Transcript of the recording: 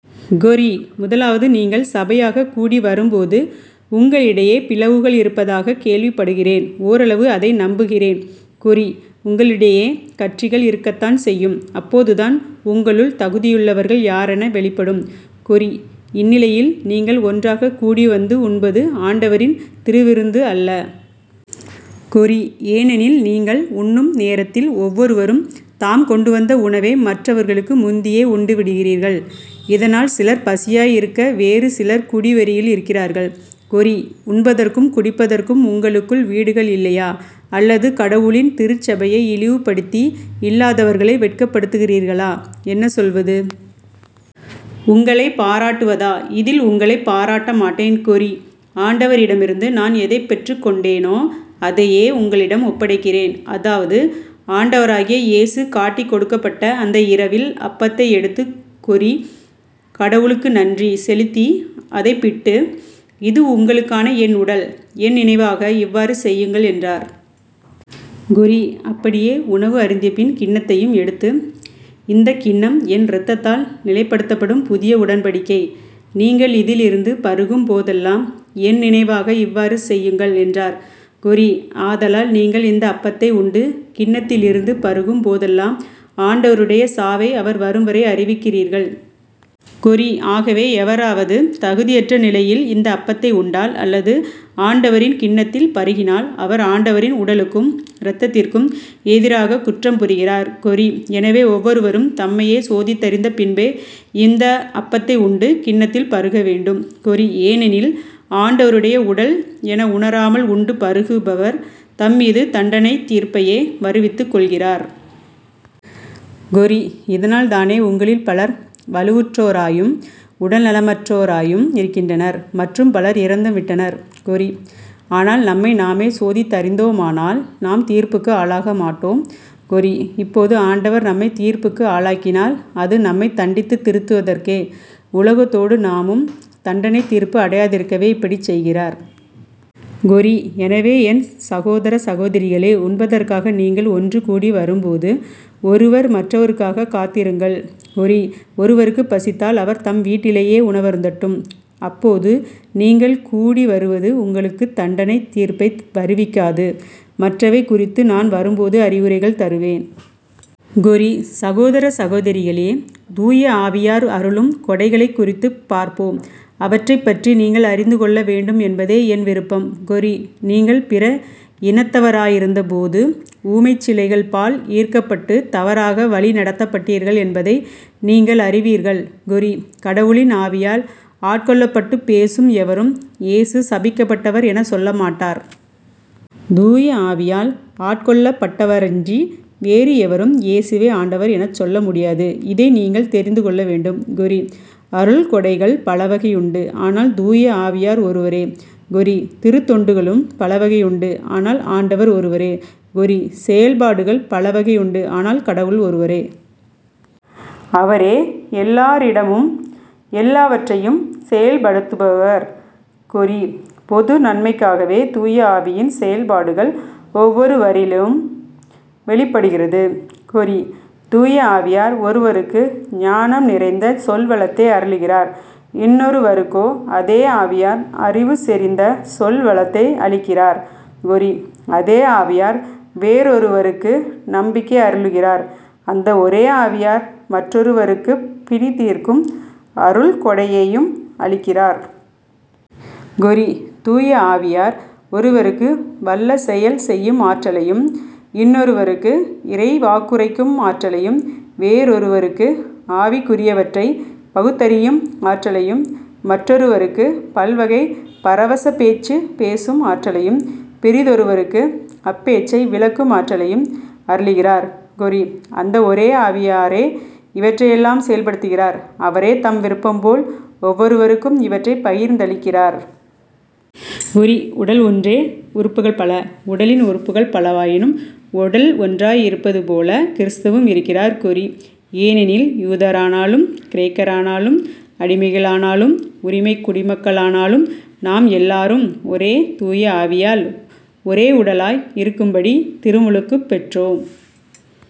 கொரி. முதலாவது நீங்கள் சபையாகக் கூடி வரும்போது உங்களிடையே பிளவுகள் இருப்பதாகக் கேள்விப்படுகிறேன். ஓரளவு அதை நம்புகிறேன். கொரி. உங்களிடையே கட்சிகள் இருக்கத்தான் செய்யும். அப்போதுதான் உங்களுள் தகுதியுள்ளவர்கள் யாரென வெளிப்படும். கொரி. இந்நிலையில் நீங்கள் ஒன்றாகக் கூடி வந்து உண்பது ஆண்டவரின் திருவிருந்து அல்ல. கொரி. ஏனெனில் நீங்கள் உண்ணும் நேரத்தில் ஒவ்வொருவரும் தாம் கொண்டுவந்த உணவை மற்றவர்களுக்கு முந்தியே உண்டுவிடுகிறீர்கள். இதனால் சிலர் பசியாய் இருக்க வேறு சிலர் குடிவெறியில் இருக்கிறார்கள். கொரி. உண்பதற்கும் குடிப்பதற்கும் உங்களுக்கு வீடுகள் இல்லையா? அல்லது கடவுளின் திருச்சபையை இழிவுப்படுத்தி இல்லாதவர்களை வெட்கப்படுத்துகிறீர்களா? என்ன சொல்வது? உங்களைப் பாராட்டுவதா? இதில் உங்களைப் பாராட்ட மாட்டேன். கொரி. ஆண்டவரிடமிருந்து நான் எதைப் பெற்றுக்கொண்டேனோ அதையே உங்களிடம் ஒப்படைக்கிறேன். அதாவது ஆண்டவராகிய இயேசு காட்டிக்கொடுக்கப்பட்ட அந்த இரவில் அப்பத்தை எடுத்து கொரி. கடவுளுக்கு நன்றி செலுத்தி அதைப்பிட்டு "இது உங்களுக்கான என் உடல். என் நினைவாக இவ்வாறு செய்யுங்கள் " என்றார். கொரி. அப்படியே உணவு அருந்தியபின் கிண்ணத்தையும் எடுத்து "இந்தக் கிண்ணம் என் இரத்தத்தால் நிலைப்படுத்தப்படும் புதிய உடன்படிக்கை. நீங்கள் இதிலிருந்து பருகும் போதெல்லாம் என் நினைவாக இவ்வாறு செய்யுங்கள் " என்றார். கொரி. ஆதலால் நீங்கள் இந்த அப்பத்தை உண்டு கிண்ணத்திலிருந்து பருகும் போதெல்லாம் ஆண்டவருடைய சாவை அவர் வரும்வரை அறிவிக்கிறீர்கள். கொரி. ஆகவே எவராவது தகுதியற்ற நிலையில் இந்த அப்பத்தை உண்டால் அல்லது ஆண்டவரின் கிண்ணத்தில் பருகினால் அவர் ஆண்டவரின் உடலுக்கும் இரத்தத்திற்கும் எதிராகக் குற்றம் புரிகிறார். கொரி. எனவே ஒவ்வொருவரும் தம்மையே சோதித்தறிந்த பின்பே இந்த அப்பத்தை உண்டு கிண்ணத்தில் பருக வேண்டும். கொரி. ஏனெனில் ஆண்டவருடைய உடல் என உணராமல் உண்டு பருகுபவர் தம் மீது தண்டனைத் தீர்ப்பையே வருவித்துக் கொள்கிறார். கொரி. இதனால்தானே உங்களில் பலர் வலுவற்றோராயும் உடல்நலமற்றோராயும் இருக்கின்றனர் மற்றும் பலர் இறந்தும் விட்டனர். கொரி. ஆனால் நம்மை நாமே சோதித்தறிந்தோமானால் நாம் தீர்ப்புக்கு ஆளாக மாட்டோ ம். கொரி. இப்போது ஆண்டவர் நம்மைத் தீர்ப்புக்கு ஆளாக்கினால் அது நம்மைத் தண்டித்துத் திருத்துவதற்கே. உலகத்தோடு நாமும் தண்டனைத் தீர்ப்பு அடையாதிருக்கவே இப்படிச் செய்கிறார். கொரி. எனவே என் சகோதர சகோதரிகளே உண்பதற்காக நீங்கள் ஒன்று கூடி வரும்போது ஒருவர் மற்றவருக்காகக் காத்திருங்கள். கொரி. ஒருவருக்குப் பசித்தால் அவர் தம் வீட்டிலேயே உணவருந்தட்டும். அப்போது நீங்கள் கூடிவருவது உங்களுக்குத் தண்டனைத் தீர்ப்பை வருவிக்காது. மற்றவை குறித்து நான் வரும்போது அறிவுரைகள் தருவேன்.. கொரி. சகோதர சகோதரிகளே தூயஆவியார் அருளும் கொடைகளைக் குறித்துப் பார்ப்போம். அவற்றைப் பற்றி நீங்கள் அறிந்து கொள்ள வேண்டும் என்பதே என் விருப்பம். கொரி.. நீங்கள் பிற இனத்தவராயிருந்தபோது ஊமைச் சிலைகள்பால் ஈர்க்கப்பட்டுத் தவறாக வழிநடத்தப்பட்டீர்கள் என்பதை நீங்கள் அறிவீர்கள். கொரி. கடவுளின் ஆவியால் ஆட்கொள்ளப்பட்டுப் பேசும் எவரும் "இயேசு சபிக்கப்பட்டவர் " எனச் சொல்ல மாட்டார். தூய ஆவியால் ஆட்கொள்ளப்பட்டடவரன்றி வேறு எவரும் "இயேசுவே ஆண்டவர் " எனச் சொல்ல முடியாது. இதை நீங்கள் தெரிந்து கொள்ள வேண்டும். கொரி. அருள்கொடைகள் பலவகையுண்டு ஆனால் தூய ஆவியார் ஒருவரே. கொரி. திருத் தொண்டுகளும் பலவகையுண்டு ஆனால் ஆண்டவர் ஒருவரே. கொரி. செயல்பாடுகள் பலவகையுண்டு ஆனால் கடவுள் ஒருவரே. அவரே எல்லாரிடமும் எல்லாவற்றையும் செயல்படுத்துபவர். கொரி. பொது நன்மைக்காகவே தூய ஆவியின் செயல்பாடுகள் ஒவ்வொருவரிலும் வெளிப்படுகிறது. கொரி. தூய ஆவியார் ஒருவருக்கு ஞானம் நிறைந்த சொல்வளத்தை அருளுகிறார். இன்னொருவருக்கோ அதே ஆவியார் அறிவுசெறிந்த சொல்வளத்தை அளிக்கிறார். கொரி. அதே ஆவியார் வேறொருவருக்கு நம்பிக்கை அருளுகிறார். அந்த ஒரே ஆவியார் மற்றொருவருக்குப் பிணிதீர்க்கும் அருள்கொடையையும் அளிக்கிறார். கொரி. தூயஆவியார் ஒருவருக்கு வல்ல செயல் செய்யும் ஆற்றலையும் இன்னொருவருக்கு இறைவாக்குரைக்கும் ஆற்றலையும் வேறொருவருக்கு ஆவிக்குரியவற்றைப் பகுத்தறியும் ஆற்றலையும் மற்றொருவருக்குப் பல்வகை பரவசப் பேச்சு பேசும் ஆற்றலையும் பிறிதொருவருக்கு அப்பேச்சை விளக்கும் ஆற்றலையும் அருளுகிறார். கொரி. அந்த ஒரே ஆவியாரே இவற்றையெல்லாம் செயல்படுத்துகிறார் அவரே தம் விருப்பம்போல் ஒவ்வொருவருக்கும் இவற்றைப் பகிர்ந்தளிக்கிறார். கொரி. உடல் ஒன்றே உறுப்புகள் பல. உடலின் உறுப்புகள் பலவாயினும் உடல் ஒன்றாயிருப்பதுபோல கிறிஸ்துவும் இருக்கிறார். கொரி. ஏனெனில் யூதரானாலும் கிரேக்கரானாலும் அடிமைகளானாலும் உரிமைக் குடிமக்களானாலும் நாம் எல்லாரும் ஒரே தூய ஆவியால் ஒரே உடலாய் இருக்கும்படி திருமுழுக்குப் பெற்றோம்.